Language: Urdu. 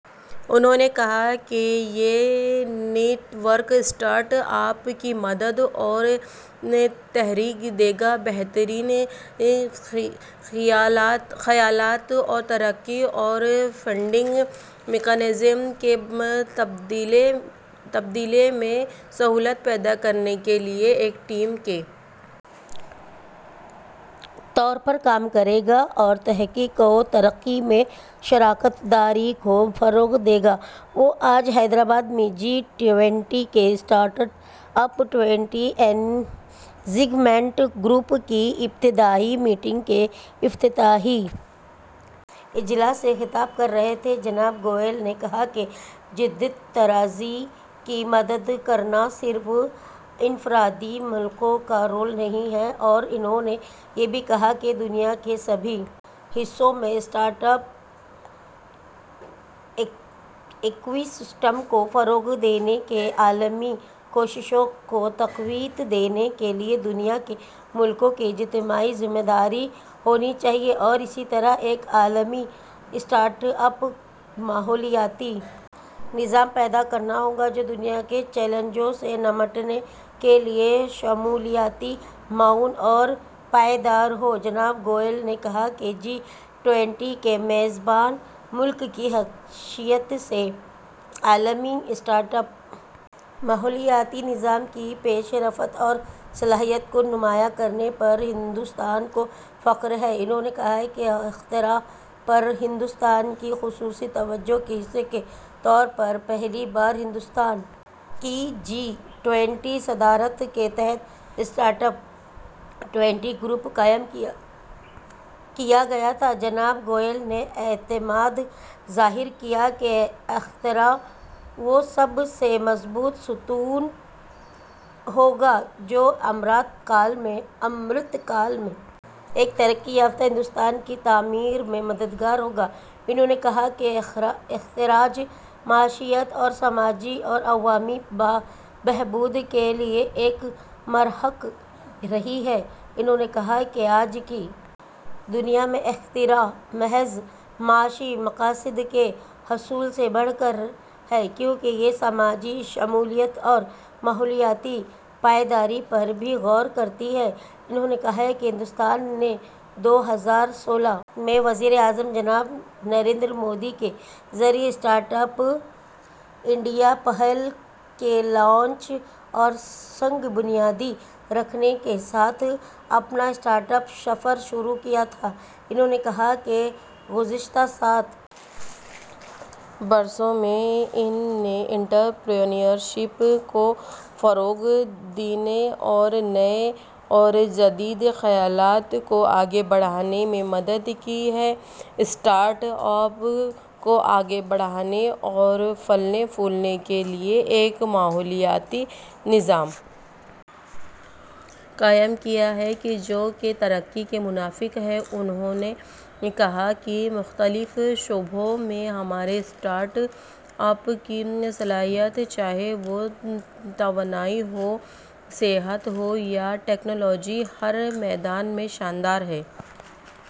انھوں نے کہا کہ یہ نیٹ ورک اسٹارٹ اپ کی مدد اور تحریک دے گا بہترین خیالات طور طریقوں اور فنڈنگ میکانزم کے تبادلے میں سہولت پیدا کرنے کے لیے ایک ٹیم کے طور پر کام کرے گا اور تحقیق و ترقی میں شراکت داری کو فروغ دے گا وہ آج حیدرآباد میں جی ٹوئنٹی کے startup twenty engagement group کی ابتدائی میٹنگ کے افتتاحی اجلاس سے خطاب کر رہے تھے جناب گوئل نے کہا کہ جدت طرازی کی مدد کرنا صرف انفرادی ملکوں کا رول نہیں ہے اور انہوں نے یہ بھی کہا کہ دنیا کے سبھی حصوں میں اسٹارٹ اپ ایکوسسٹم کو فروغ دینے کی عالمی کوششوں کو تقویت دینے کے لیے دنیا کے ملکوں کی اجتماعی ذمہ داری ہونی چاہیے اور اس طرح ایک عالمی اسٹارٹ اپ ماحولیاتی نظام پیدا کرنا ہوگا جو دنیا کے چیلنجوں سے نمٹنے کے لیے شمولیاتی معاون اور پائیدار ہو جناب گوئل نے کہا کہ جی ٹوئنٹی کے میزبان ملک کی حیثیت سے عالمی اسٹارٹ اپ ماحولیاتی نظام کی پیش رفت اور صلاحیت کو نمایاں کرنے پر ہندوستان کو فخر ہے انہوں نے کہا کہ اختراع پر ہندوستان کی خصوصی توجہ کے حصے کے طور پر پہلی بار ہندوستان کی جی ٹوئنٹی صدارت کے تحت اسٹارٹ اپ ٹوئنٹی گروپ قائم کیا گیا تھا جناب گوئل نے اعتماد ظاہر کیا کہ اختراع وہ سب سے مضبوط ستون ہو گا جو امرت کال میں ایک ترقی یافتہ ہندوستان کی تعمیر میں مددگار ہو گا انہوں نے کہا کہ اختراع معیشت اور سماجی اور عوامی بہبود کے لیے ایک محرک رہی ہے انہوں نے کہا کہ آج کی دنیا میں اختراع محض معاشی مقاصد کے حصول سے بڑھ کر ہے کیونکہ یہ سماجی شمولیت اور ماحولیاتی پائیداری پر بھی غور کرتی ہے انہوں نے کہا کہ ہندوستان نے دو ہزار سولہ میں وزیر اعظم جناب نریندر مودی کے ذریعہ اسٹارٹ اپ انڈیا پہل کے لانچ اور سنگ بنیاد رکھنے کے ساتھ اپنا اسٹارٹ اپ سفر شروع کیا تھا انہوں نے کہا کہ گزشتہ سات برسوں میں اس نے انترپرینیورشپ کو فروغ دینے اور نئے اور جدید خیالات کو آگے بڑھانے میں مدد کی ہے اسٹارٹ اپ کو آگے بڑھانے اور پھلنے پھولنے کے لیے ایک ماحولیاتی نظام قائم کیا ہے جو کہ ترقی کے موافق ہے انہوں نے کہا کہ مختلف شعبوں میں ہمارے اسٹارٹ اپ کی صلاحیت چاہے وہ توانائی ہو صحت ہو یا ٹیکنالوجی ہر میدان میں شاندار ہے